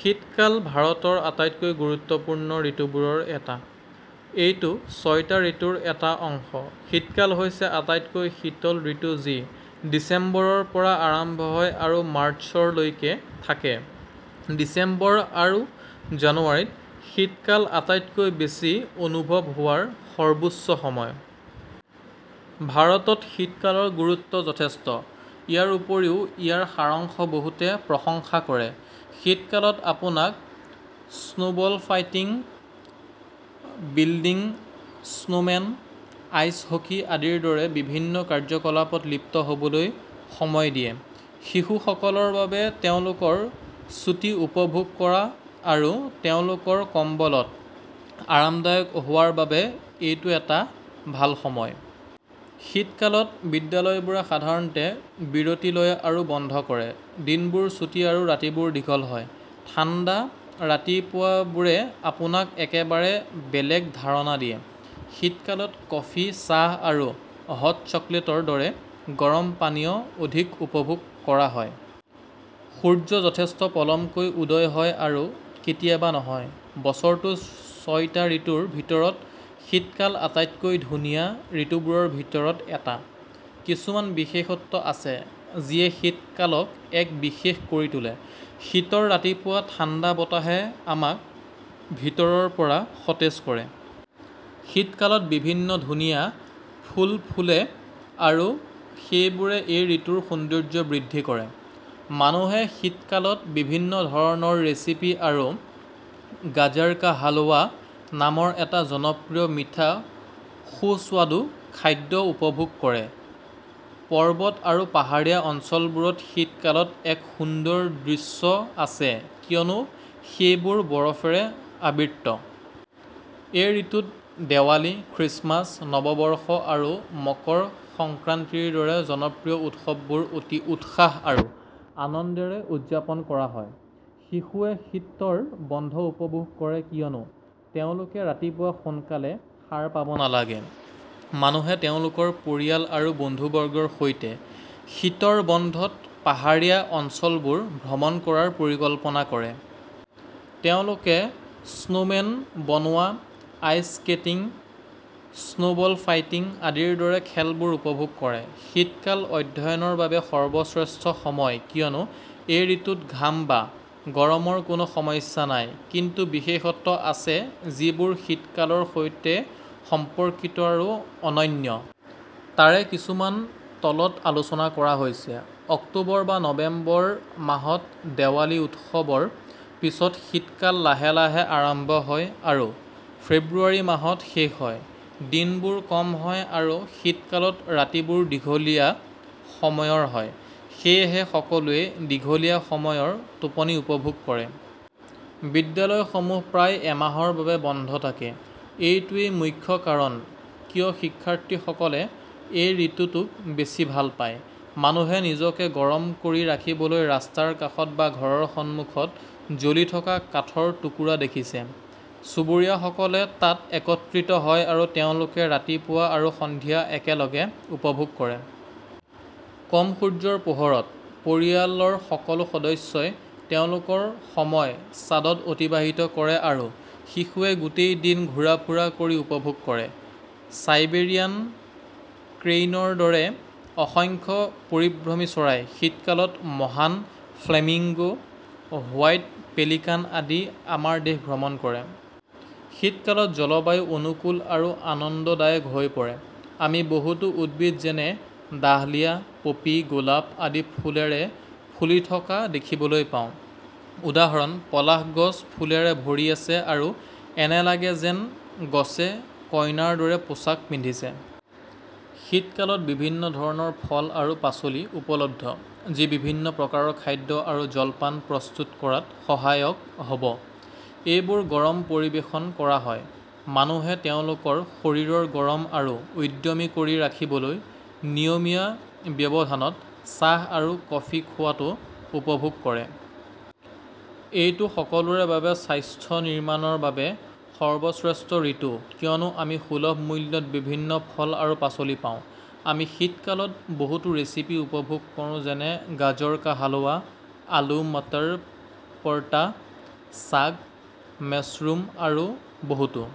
শীতকাল ভাৰতৰ আটাইতকৈ গুৰুত্বপূৰ্ণ ঋতুবোৰৰ এটা। এইটো ছয়টা ঋতুৰ এটা অংশ। শীতকাল হৈছে আটাইতকৈ শীতল ঋতু যি ডিচেম্বৰৰ পৰা আৰম্ভ হয় আৰু মাৰ্চলৈকে থাকে। ডিচেম্বৰ আৰু জানুৱাৰীত শীতকাল আটাইতকৈ বেছি অনুভৱ হোৱাৰ সৰ্বোচ্চ সময়। ভাৰতত, শীতকালৰ গুৰুত্ব যথেষ্ট। ইয়াৰ উপৰিও, ইয়াৰ সাৰাংশ বহুতে প্ৰশংসা কৰে। শীতকালত আপোনাক snowball fighting, building snowmen, ice hockey আদিৰ দৰে বিভিন্ন কাৰ্যকলাপত লিপ্ত হ'বলৈ সময় দিয়ে। শিশুসকলৰ বাবে তেওঁলোকৰ ছুটি উপভোগ কৰা আৰু তেওঁলোকৰ কম্বলত আৰামদায়ক হোৱাৰ বাবে এইটো এটা ভাল সময়। শীতকালত, বিদ্যালয়বোৰে সাধাৰণতে বিৰতি লয় আৰু বন্ধ কৰে। দিনবোৰ চুটি আৰু ৰাতিবোৰ দীঘল হয়। ঠাণ্ডা ৰাতিপুৱাবোৰে আপোনাক একেবাৰে বেলেগ ধাৰণা দিয়ে। শীতকালত কফি, চাহ আৰু হট চকলেটৰ দৰে গৰম পানীয় অধিক উপভোগ কৰা হয়। সূৰ্য যথেষ্ট পলমকৈ উদয় হয় আৰু কেতিয়াবা নহয়। বছৰটোৰ ছয়টা ঋতুৰ ভিতৰত শীতকাল আটাইতকৈ ধুনীয়া ঋতুবোৰৰ ভিতৰত এটা। কিছুমান বিশেষত্ব আছে যিয়ে শীতকালক এক বিশেষ কৰি তোলে। শীতৰ ৰাতিপুৱা ঠাণ্ডা বতাহে আমাক ভিতৰৰ পৰা সতেজ কৰে। শীতকালত বিভিন্ন ধুনীয়া ফুল ফুলে আৰু সেইবোৰে এই ঋতুৰ সৌন্দৰ্য বৃদ্ধি কৰে। মানুহে শীতকালত বিভিন্ন ধৰণৰ ৰেচিপি আৰু গাজাৰ কা হালৱা নামৰ এটা জনপ্ৰিয় মিঠা সুস্বাদু খাদ্য উপভোগ কৰে। পৰ্বত আৰু পাহাৰীয়া অঞ্চলবোৰত শীতকালত এক সুন্দৰ দৃশ্য আছে কিয়নো সেইবোৰ বৰফেৰে আবৃত। এই ঋতুত দেৱালী, খ্ৰীষ্টমাছ, নৱবৰ্ষ আৰু মকৰ সংক্ৰান্তিৰ দৰে জনপ্ৰিয় উৎসৱবোৰ অতি উৎসাহ আৰু আনন্দেৰে উদযাপন কৰা হয়। শিশুৱে শীতৰ বন্ধ উপভোগ কৰে কিয়নো তেওঁলোকে ৰাতিপুৱা সোনকালে সাৰ পাব নালাগে। মানুহে তেওঁলোকৰ পৰিয়াল আৰু বন্ধুবৰ্গৰ সৈতে শীতৰ বন্ধত পাহাৰীয়া অঞ্চলবোৰ ভ্ৰমণ কৰাৰ পৰিকল্পনা কৰে। তেওঁলোকে স্নোমেন বনোৱা, আইচ স্কেটিং, স্নোবল ফাইটিং আদিৰ দৰে খেলবোৰ উপভোগ কৰে। শীতকাল অধ্যয়নৰ বাবে সৰ্বশ্ৰেষ্ঠ সময় কিয়নো এই ঋতুত ঘাম বা গৰমৰ কোনো সমস্যা নাই। কিছুমান বিশেষত্ব আছে যিবোৰ শীতকালৰ সৈতে সম্পৰ্কিত আৰু অনন্য। তাৰে কিছুমান তলত আলোচনা কৰা হৈছে: অক্টোবৰ বা নৱেম্বৰ মাহত দেৱালী উৎসৱৰ পিছত শীতকাল লাহে লাহে আৰম্ভ হয় আৰু ফেব্ৰুৱাৰী মাহত শেষ হয়। দিনবোৰ কম হয় আৰু শীতকালত ৰাতিবোৰ দীঘলীয়া সময়ৰ হয়, সেয়েহে সকলোৱে দীঘলীয়া সময়ৰ টোপনি উপভোগ কৰে। বিদ্যালয়সমূহ প্ৰায় এমাহৰ বাবে বন্ধ থাকে; এইটো ৱেই মুখ্য কাৰণ কিয় শিক্ষাৰ্থীসকলে এই ঋতুটোক বেছি ভাল পায়। মানুহে নিজকে গৰম কৰি ৰাখিবলৈ ৰাস্তাৰ কাষত বা ঘৰৰ সন্মুখত জ্বলি থকা কাঠৰ টুকুৰা দেখিছে। চুবুৰীয়াসকলে তাত একত্ৰিত হয় আৰু তেওঁলোকে ৰাতিপুৱা আৰু সন্ধিয়া একেলগে উপভোগ কৰে। কম সূৰ্যৰ পোহৰত, পৰিয়ালৰ সকলো সদস্যই তেওঁলোকৰ সময় ছাদত অতিবাহিত কৰে আৰু শিশুৱে গোটেই দিন ঘূৰা ফুৰা কৰি উপভোগ কৰে। চাইবেৰিয়ান ক্ৰেইনৰ দৰে অসংখ্য পৰিভ্ৰমী চৰাই; শীতকালত মহান ফ্লেমিংগো, হোৱাইট পেলিকান আদি আমাৰ দেশ ভ্ৰমণ কৰে। শীতকালত জলবায়ু অনুকূল আৰু আনন্দদায়ক হৈ পৰে। আমি বহুতো উদ্ভিদ যেনে ডাহলিয়া, পপী, গোলাপ আদি ফুলেৰে ফুলি থকা দেখিবলৈ পাওঁ। উদাহৰণ: পলাশ গছ ফুলেৰে ভৰি আছে আৰু এনে লাগে যেন গছে কইনাৰ দৰে পোছাক পিন্ধিছে। শীতকালত বিভিন্ন ধৰণৰ ফল আৰু পাচলি উপলব্ধ যি বিভিন্ন প্ৰকাৰৰ খাদ্য আৰু জলপান প্ৰস্তুত কৰাত সহায়ক হ'ব। এইবোৰ গৰম পৰিৱেশন কৰা হয়। মানুহে তেওঁলোকৰ শৰীৰ গৰম আৰু উদ্যমী কৰি ৰাখিবলৈ নিয়মীয়া ব্যৱধানত চাহ আৰু কফি খোৱাটো উপভোগ কৰে। এইটো সকলোৰে বাবে স্বাস্থ্য নিৰ্মাণৰ বাবে সৰ্বশ্ৰেষ্ঠ ঋতু কিয়নো আমি সুলভ মূল্যত বিভিন্ন ফল আৰু পাচলি পাওঁ। আমি শীতকালত বহুতো ৰেচিপি উপভোগ কৰোঁ যেনে গাজাৰ কা হালৱা, আলু/মাটাৰ পৰতা, চাগ, মেছৰুম, আৰু বহুতো।